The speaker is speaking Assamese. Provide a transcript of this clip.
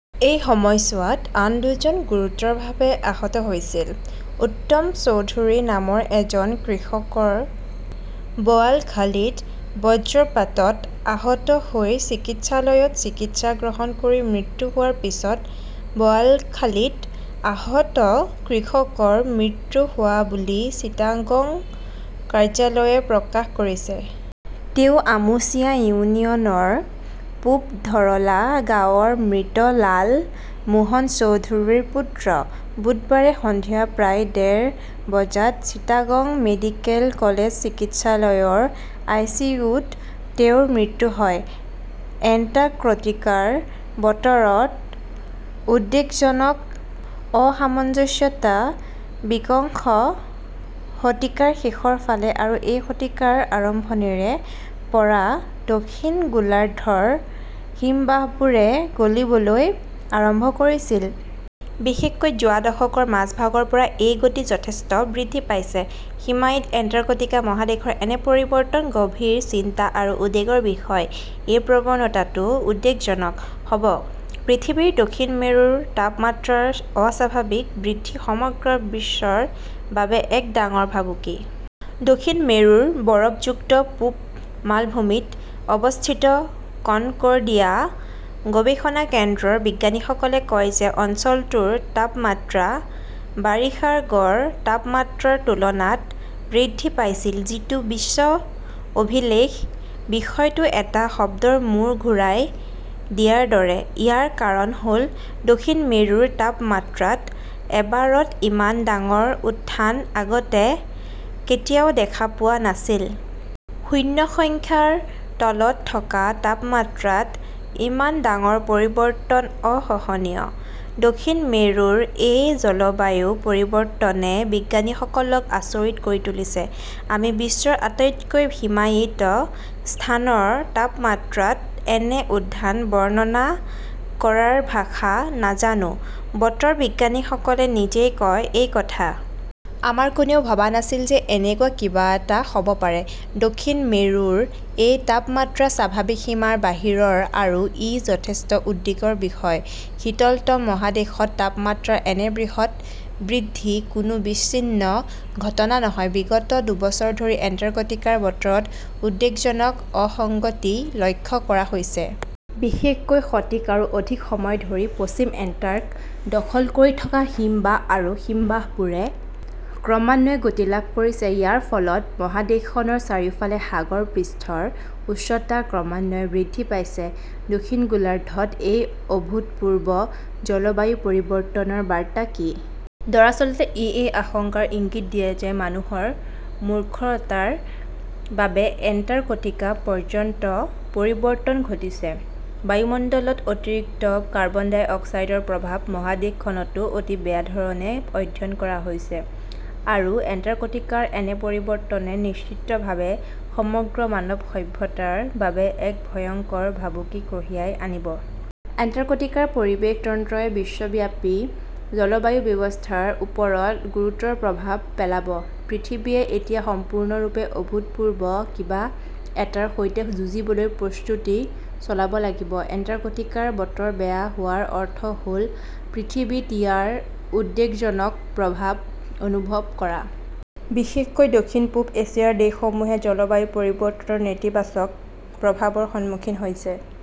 এই সময়ছোৱাত আন দুজন গুৰুতৰভাৱে আহত হৈছিল। উত্তম চৌধুৰী নামৰ এজন কৃষকৰ বৱালখালীত বজ্ৰপাতত আহত হৈ চিকিৎসালয়ত চিকিৎসা গ্ৰহণ কৰি মৃত্যু হোৱাৰ পিছত বৱালখালীত আহত কৃষকৰ মৃত্যু হোৱা বুলি চিটাগং কাৰ্যালয়ে প্ৰকাশ কৰিছে। তেওঁ আমুচিয়া ইউনিয়নৰ পূব ধৰলা গাঁৱৰ মৃত লাল মোহন চৌধুৰীৰ পুত্ৰ। বুধবাৰে সন্ধিয়া প্ৰায় ডেৰ বজাত চিটাগং মেডিকেল কলেজ চিকিৎসালয়ৰ আইচিইউত তেওঁৰ মৃত্যু হয়। এণ্টাৰ্কটিকাৰ বতৰত উদ্বেগজনক অসামঞ্জস্যতা! বিংশ শতিকাৰ শেষৰ ফালে আৰু এই শতিকাৰ আৰম্ভণিৰে পৰা দক্ষিণ গোলাৰ্ধৰ হিমবাহবোৰে গলিবলৈ আৰম্ভ কৰিছিল। বিশেষকৈ যোৱা দশকৰ মাজভাগৰ পৰা এই গতি যথেষ্ট বৃদ্ধি পাইছে। হিমায়িত এণ্টাৰ্কটিকা মহাদেশৰ এনে পৰিৱৰ্তন গভীৰ চিন্তা আৰু উদ্বেগৰ বিষয়। এই প্ৰৱণতাটো উদ্বেগজনক হব। পৃথিৱীৰ দক্ষিণ মেৰুৰ তাপমাত্ৰাৰ অস্বাভাৱিক বৃদ্ধি সমগ্ৰ বিশ্বৰ বাবে এক ডাঙৰ ভাবুকি। দক্ষিণ মেৰুৰ বৰফযুক্ত পূব মালভূমিত অৱস্থিত কনকৰ্ডিয়া গৱেষণা কেন্দ্ৰৰ বিজ্ঞানীসকলে কয় যে অঞ্চলটোৰ তাপমাত্ৰা বাৰিষাৰ গড় তাপমাত্ৰাৰ তুলনাত বৃদ্ধি পাইছিল, যিটো বিশ্ব অভিলেখ। বিষয়টো এটা শব্দৰ মূৰ ঘূৰাই দিয়াৰ দৰে। ইয়াৰ কাৰণ হ'ল, দক্ষিণ মেৰুৰ তাপমাত্ৰাত এবাৰত ইমান ডাঙৰ উত্থান আগতে কেতিয়াও দেখা পোৱা নাছিল। শূন্য সংখ্যাৰ তলত থকা তাপমাত্ৰাত ইমান ডাঙৰ পৰিৱৰ্তন অসহনীয়। দক্ষিণ মেৰুৰ এই জলবায়ু পৰিৱৰ্তনে বিজ্ঞানীসকলক আচৰিত কৰি তুলিছে। "আমি বিশ্বৰ আটাইতকৈ হিমায়িত স্থানৰ তাপমাত্ৰাত এনে উত্থান বৰ্ণনা কৰাৰ ভাষা নাজানো", বতৰ বিজ্ঞানীসকলে নিজেই কয় এই কথা। আমাৰ কোনেও ভবা নাছিল যে এনেকুৱা কিবা এটা হ'ব পাৰে। দক্ষিণ মেৰুৰ এই তাপমাত্ৰা স্বাভাৱিক সীমাৰ বাহিৰৰ আৰু ই যথেষ্ট উদ্বেগৰ বিষয়। 'শীতলতম মহাদেশত তাপমাত্ৰাৰ এনে বৃহৎ বৃদ্ধি কোনো বিচ্ছিন্ন ঘটনা নহয়। বিগত দুবছৰ ধৰি এণ্টাৰ্কটিকাৰ বতৰত উদ্বেগজনক অসঙ্গতি লক্ষ্য কৰা হৈছে। বিশেষকৈ শতিকাৰো অধিক সময় ধৰি পশ্চিম এণ্টাৰ্ক দখল কৰি থকা হিমবাহ আৰু হিমবাহবোৰে ক্ৰমান্বয়ে গতি লাভ কৰিছে। ইয়াৰ ফলত মহাদেশখনৰ চাৰিওফালে সাগৰ পৃষ্ঠৰ উচ্চতা ক্ৰমান্বয়ে বৃদ্ধি পাইছে। দক্ষিণ গোলাৰ্ধত এই অভূতপূৰ্ব জলবায়ু পৰিৱৰ্তনৰ বাৰ্তা কি? দৰাচলতে, ই এই আশংকাৰ ইংগিত দিয়ে যে মানুহৰ মূৰ্খতাৰ বাবে এণ্টাৰ্কটিকা পৰ্যন্ত পৰিৱৰ্তন ঘটিছে। বায়ুমণ্ডলত অতিৰিক্ত কাৰ্বন ডাই অক্সাইডৰ প্ৰভাৱ মহাদেশখনতো অতি বেয়া ধৰণে অধ্যয়ন কৰা হৈছে আৰু এণ্টাৰ্কটিকাৰ এনে পৰিৱৰ্তনে নিশ্চিতভাৱে সমগ্ৰ মানৱ সভ্যতাৰ বাবে এক ভয়ংকৰ ভাবুকি কঢ়িয়াই আনিব। এণ্টাৰ্কটিকাৰ পৰিৱেশ তন্ত্ৰই বিশ্বব্যাপী জলবায়ু ব্যৱস্থাৰ ওপৰত গুৰুতৰ প্ৰভাৱ পেলাব। পৃথিৱীয়ে এতিয়া সম্পূৰ্ণৰূপে অভূতপূৰ্ব কিবা এটাৰ সৈতে যুঁজিবলৈ প্ৰস্তুতি চলাব লাগিব। এণ্টাৰ্কটিকাৰ বতৰ বেয়া হোৱাৰ অৰ্থ হ'ল পৃথিৱীত ইয়াৰ উদ্বেগজনক প্ৰভাৱ অনুভৱ কৰা। বিশেষকৈ দক্ষিণ-পূব এছিয়াৰ দেশসমূহে জলবায়ু পৰিৱৰ্তনৰ নেতিবাচক প্ৰভাৱৰ সন্মুখীন হৈছে।